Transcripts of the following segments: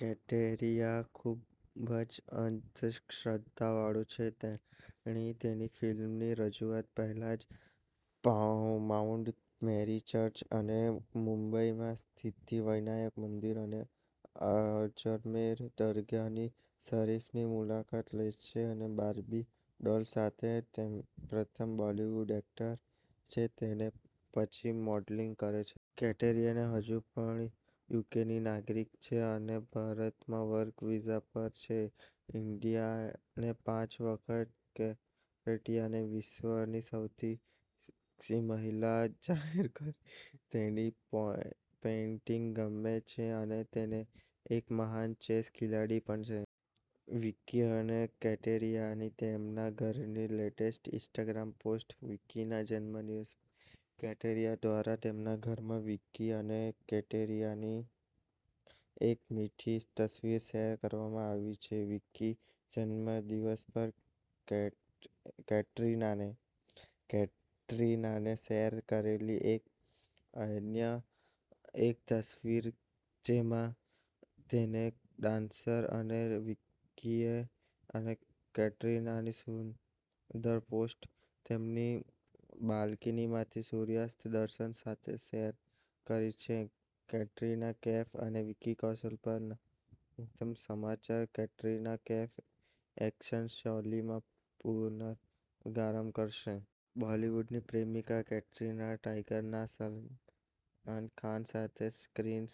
કેટરિના ખૂબઅંધશ્રદ્ધાળુ છે. તેણી તેની ફિલ્મોની રજૂઆત પહેલા માઉન્ટ મેરી ચર્ચ અને મુંબઈમાં સિદ્ધિવનાયક મંદિર અને અજમેરમાં દરગાહ શરીફની મુલાકાત લે છે. તે બાર્બી ડોલ સાથે પ્રથમ બોલિવૂડ એક્ટર છે જે તેના પછી મોડલિંગ કરે છે. કેટરિના હજુ પણ યુકેની નાગરિક છે અને ભારતમાં વર્ક વિઝા પર છે. ઈન્ડિયાએ પાંચ વખત કેટરિનાને "વિશ્વની સૌથી સેક્સી મહિલા" જાહેર કરી. તેણીને પેઇન્ટિંગ ગમે છે અને તે એક મહાન ચેસ ખેલાડી પણ છે. વિકી અને કેટરિનાની તેમના ઘરની લેટેસ્ટ ઇન્સ્ટાગ્રામ પોસ્ટ્સ વિકીના જન્મદિવસ પર કેટરિના દ્વારા તેમના ઘરમાં વિકી અને કેટરિનાની એક મીઠી તસવીર શેર કરવામાં આવી છે વિકીના જન્મદિવસ પર કેટરિનાએ શેર કરેલી અન્ય એક તસવીર જેમાં તેઓ ડાન્સ કરે છે વિકીએ તેની અને કેટરિનાનીસુંદર પોસ્ટ તેમની બાલ્કનીમાંથી સૂર્યાસ્તના દૃશ્ય સાથે શેર કરી છે કેટરિના કૈફ અને વિકી કૌશલ પર નવીનતમ સમાચાર કેટરિના કૈફ એક્શન શૈલીમાં પુનરાગમન કરશે. બોલિવૂડની પ્રેમિકા, કેટરિના, ટાઇગર માં સલમાન ખાન સાથે સ્ક્રીન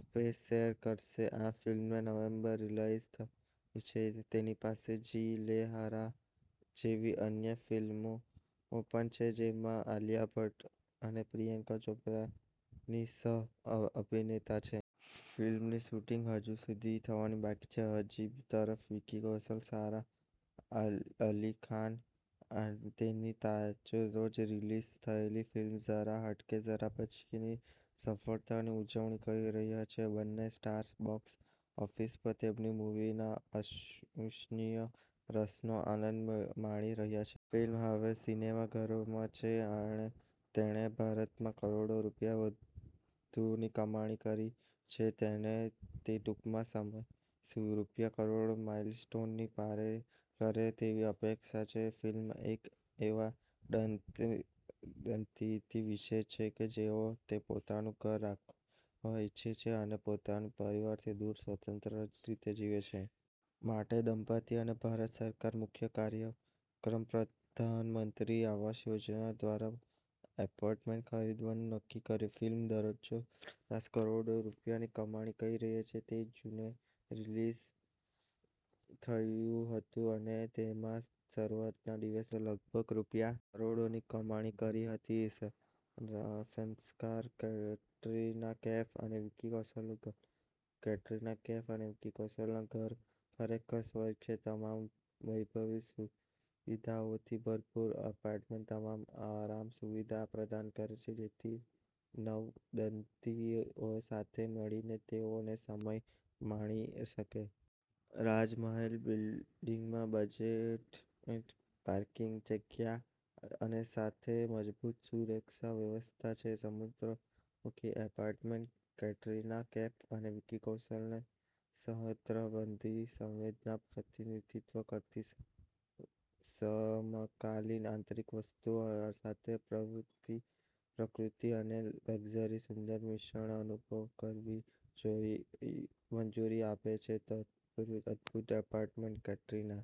સ્પેસ શેર કરશે. આ ફિલ્મ નવેમ્બરમાં રીલિઝ થવાની છે. તેની પાસે જી લે ઝરા જેવી અન્ય ફિલ્મો પણ છે, જેમાં આલિયા ભટ્ટ અને પ્રિયંકા ચોપરાની સહ-અભિનેતા છે. ફિલ્મનું શૂટિંગ હજુ શરૂ થવાનું બાકી છે. બીજી તરફ, વિકી કૌશલ સારા અલી ખાન સાથે તેની તાજેતરની રિલીઝ થયેલી ફિલ્મ "જરા હટકે જરા બચકે"ની સફળતાની ઉજવણી કરી રહ્યો છે. બંને સ્ટાર્સ બોક્સ ઓફિસ પર તેમની મૂવીના અવિશ્વસનીય રનનો આનંદ માણી રહ્યા છે. ફિલ્મ હવે સિનેમાઘરોમાં છે અને તેણે ભારતમાં કરોડ રૂપિયાથી વધુની કમાણી કરી છે. અને તે ટૂંક સમયમાં રૂ. કરોડના માઈલસ્ટોનને પાર કરે તેવી અપેક્ષા છે. ફિલ્મ એક એવા દંપતી વિશે છે જેઓ પોતાનું ઘર રાખવા ઈચ્છે છે અને પોતાના પરિવારથી દૂર સ્વતંત્ર રીતે જીવે છે. માટે, દંપતિએ ભારત સરકારના મુખ્ય કાર્યક્રમપ્રધાનમંત્રી આવાસ યોજના દ્વારા એપાર્ટમેન્ટ ખરીદવાનું નક્કી કર્યું. ફિલ્મ દરરોજ સરેરાશ કરોડ રૂપિયાની કમાણી કરી રહી છે. તે જૂને રિલીઝ થયું હતું અને તેના શરૂઆતના દિવસે લગભગ રૂ. કરોડની કમાણી કરી હતી. સારાંશકેટરિના કૈફ અને વિકી કૌશલનું ઘર કેટરીના કૈફ અને વિકી કૌશલનું ઘર ખરેખર સ્વર્ગ છે. તમામ વૈભવી સુવિધાઓથી ભરપૂર, એપાર્ટમેન્ટ તમામ આરામ સુવિધાઓ પ્રદાન કરે છે જેથી નવદંપતિઓ સાથે મળીને તેમનો સમય માણી શકે. રાજમહેલ બિલ્ડિંગમાં બેઝમેન્ટ પાર્કિંગની જગ્યા અને સાથે મજબૂત સુરક્ષા વ્યવસ્થા છે. સમુદ્ર-મુખી એપાર્ટમેન્ટ કેટરિના કૈફ અને વિકી કૌશલને સહસ્ત્રાબ્દી સંવેદનાઓને પ્રતિબિંબિત કરતી સમકાલીન આંતરિક વસ્તુઓ સાથે પ્રકૃતિ અને લક્ઝરીના સુંદર મિશ્રણનો અનુભવ કરવાની મંજૂરી આપે છે. તદુપરાંત, અદભૂત એપાર્ટમેન્ટ કેટરિના